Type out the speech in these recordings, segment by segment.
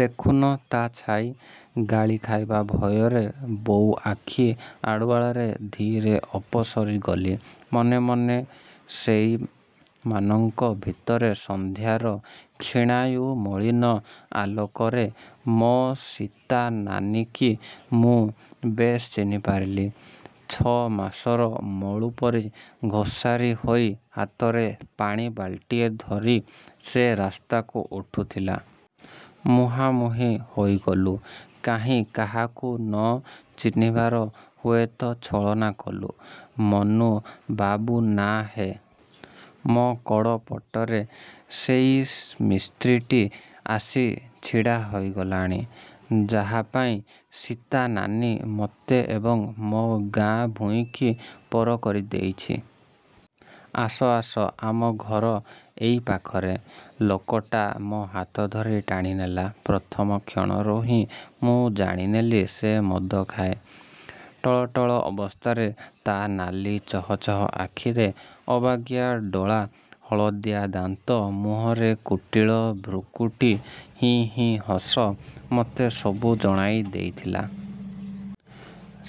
ଦେଖୁନ ତା' ଛାଇ! ଗାଳି ଖାଇବା ଭୟରେ ବୋଉ ଆଖି ଆଢ଼ୁଆଳରେ ଧୀରେ ଅପସରି ଗଲି। ମନେ ମନେ।। ସେଇମାନଙ୍କ ଭିତରେ ସନ୍ଧ୍ୟାର କ୍ଷୀଣାୟୁ ମଳିନ ଆଲୋକରେ ମୋ ସୀତାନାନୀକି ମୁଁ ବେଶ୍ ଚିହ୍ନି ପାରିଲି। ଛ'ମାସର ମଳୁ ପରି ଘୋସାରି ହୋଇ ହାତରେ ପାଣି ବାଲ୍ଟିଏ ଧରି ସେ ରାସ୍ତାକୁ ଉଠୁଥିଲା। ମୁହାଁ ମୁହିଁ ହୋଇଗଲୁ କାହିଁ କାହାକୁ ନ ଚିହ୍ନିବାର ହୁଏତ ଛଳନା କଲୁ। ମନୁ ବାବୁ ନାଁ ହେ? ମୋ କଡ଼ ପଟରେ ସେଇ ମିସ୍ତ୍ରୀଟି ଆସି ଛିଡ଼ା ହୋଇଗଲାଣି। ଯାହା ପାଇଁ ସୀତା ନାନୀ ମତେ ଏବଂ ମୋ ଗାଁ ଭୂଇଁକି ପର କରି ଦେଇଛି। ଆସ, ଆସ, ଆମ ଘର ଏଇ ପାଖରେ। ଲୋକଟା ମୋ ହାତ ଧରି ଟାଣି ନେଲା। ପ୍ରଥମ କ୍ଷଣରୁ ହିଁ ମୁଁ ଜାଣି ନେଲି ସେ ମଦ ଖାଏ। ଟଳଟଳ ଅବସ୍ଥାରେ ତା' ନାଲି ଚହ ଚହ ଆଖିରେ ଅବାଗିଆ ଡୋଳା, ହଳଦିଆ ଦାନ୍ତ, ମୁହଁରେ କୁଟିଳ ଭ୍ରୁକୁଟି, ହିଁ ହିଁ ହସ ମତେ ସବୁ ଜଣାଇ ଦେଇଥିଲା।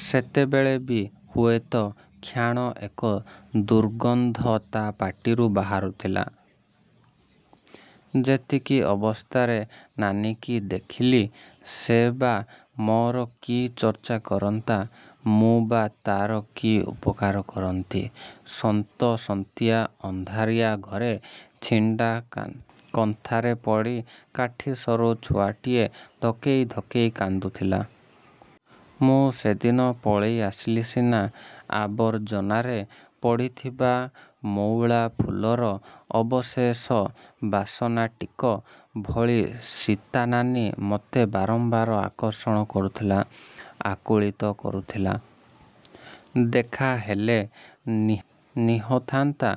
ସେତେବେଳେ ବି, ହୁଏତ କ୍ଷାଣ ଏକ ଦୁର୍ଗନ୍ଧ ତା'ପାଟିରୁ ବାହାରୁ ଥଲା। ଯେତିକି ଅବସ୍ଥାରେ ନାନୀକି ଦେଖିଲି ସେ'ବା ମୋର କି ଚର୍ଚ୍ଚା କରନ୍ତା? ମୁଁ ବା ତା'ର କି ଉପକାର କରନ୍ତି! ସନ୍ତ ସନ୍ତିଆ ଅନ୍ଧାରିଆ ଘରେ, ଛିଣ୍ଡା କନ୍ଥାରେ ପଡ଼ି କାଠି ସରୁ ଛୁଆଟିଏ ଧକେଇ ଧକେଇ କାନ୍ଦୁଥିଲା। ମୁଁ ସେଦିନ ପଳେଇ ଆସିଲି ସିନା, ଆବର୍ଜନାରେ ପଡ଼ିଥିବା ମଉଳା ଫୁଲର ଅବଶେଷ ବାସନାଟିକ ଭଳି ସୀତା ନାନୀ ମୋତେ ବାରମ୍ବାର ଆକର୍ଷଣ କରୁଥିଲା–ଆକୁଳିତ କରୁଥିଲା। ଦେଖା ହେଲେ ନିହଥାନ୍ତା।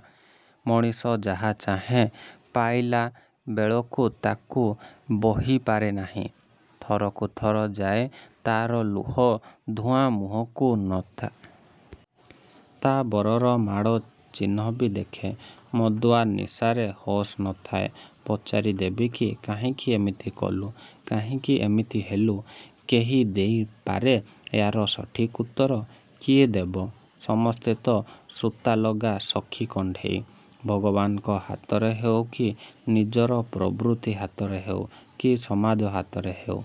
ମଣିଷ ଯାହା ଚାହେଁ ପାଇଲା ବେଳକୁ ତାକୁ ବୋହିପାରେ ନାହିଁ। ଥରକୁ ଥର ଯାଏ, ତା'ର ଲୁହ ଧୂଆଁ ମୁହଁକୁ ନଥ। ତା' ବରର ମାଡ଼ ଚିହ୍ନବି ଦେଖେ– ମଦୁଆ ନିଶାରେ ହୋସ ନଥାଏ। ପଚାରି ଦେବିକି କାହିଁକି ଏମିତି କଲୁ? କାହିଁକି ଏମିତି ହେଲୁ? କେହି ଦେଇ ପାରେ ୟାର ସଠିକ୍ ଉତ୍ତର? କିଏ ଦେବ? ସମସ୍ତେ ତ ସୁତାଲଗା ସଖୀ କଣ୍ଢେଇ। ଭଗବାନଙ୍କ ହାତରେ ହେଉ କି ନିଜର ପ୍ରବୃତ୍ତି ହାତରେ ହେଉ, କି ସମାଜ ହାତରେ ହେଉ।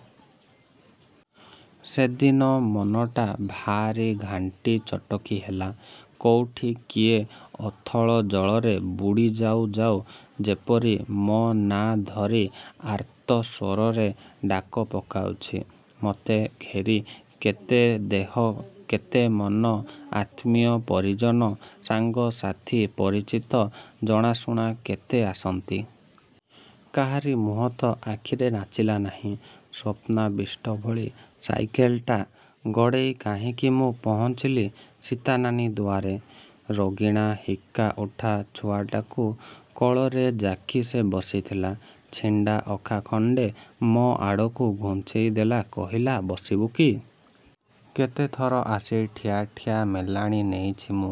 ସେଦିନ ମନଟା ଭାରି ଘାଣ୍ଟି ଚଟକି ହେଲା। କୋଉଠି କିଏ ଅଥଳ ଜଳରେ ବୁଡ଼ି ଯାଉ ଯାଉ ଯେପରି ମୋ ନାଁ ଧରି ଆର୍ତ୍ତ ସ୍ୱରରେ ଡାକ ପକାଉଛି! ମୋତେ ଘେରି କେତେ ଦେହ କେତେ ମନ, ଆତ୍ମୀୟ ପରିଜନ, ସାଙ୍ଗ ସାଥି, ପରିଚିତ ଜଣାଶୁଣା କେତେ ଆସନ୍ତି। କାହାରି ମୁହଁ ତ ଆଖିରେ ନାଚିଲା ନାହିଁ। ସ୍ୱପ୍ନାବିଷ୍ଟ ଭଳି ସାଇକେଲଟା ଗଡ଼େଇ କାହିଁକି ମୁଁ ପହଞ୍ଚିଲି ସୀତା ନାନୀ ଦୁଆରେ? ରୋଗୀଣା ହିକ୍କା ଉଠା ଛୁଆଟାକୁ କୋଳରେ ଯାକି ସେ ବସିଥିଲା। ଛିଣ୍ଡା ଅଖା ଖଣ୍ଡେ ମୋ ଆଡ଼କୁ ଘୁଞ୍ଚେଇ ଦେଇ କହିଲା, ବସିବୁକି? କେତେଥର ଆସି ଠିଆ ଠିଆ ମେଲାଣି ନେଇଛି ମୁଁ,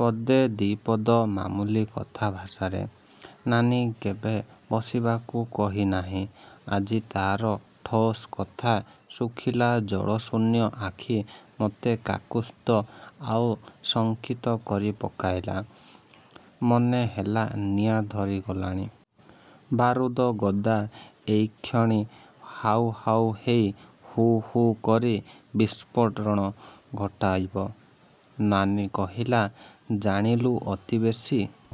ପଦେ ଦିପଦ ମାମୁଲି କଥା ଭାଷାରେ। ନାନୀ କେବେ ବସିବାକୁ କହିନାହିଁ। ଆଜି ତା'ର ଠୋସ କଥା, ଶୁଖିଲା ଜଳ ଶୂନ୍ୟ ଆଖି ମୋତେ କାକୁସ୍ଥ ଆଉ ଶଙ୍କିତ କରି ପକାଇଲା। ମନେ ହେଲା ନିଆଁ ଧରି ଗଲାଣି। ବାରୁଦ ଗଦା ଏଇକ୍ଷଣି ହାଉ ହାଉ ହେଇ ହୁ, ହୁ କରି ବିସ୍ଫୋରଣ ଘଟାଇବ। ନାନୀ କହିଲା, "ଜାଣିଲୁ ଅତି ବେଶି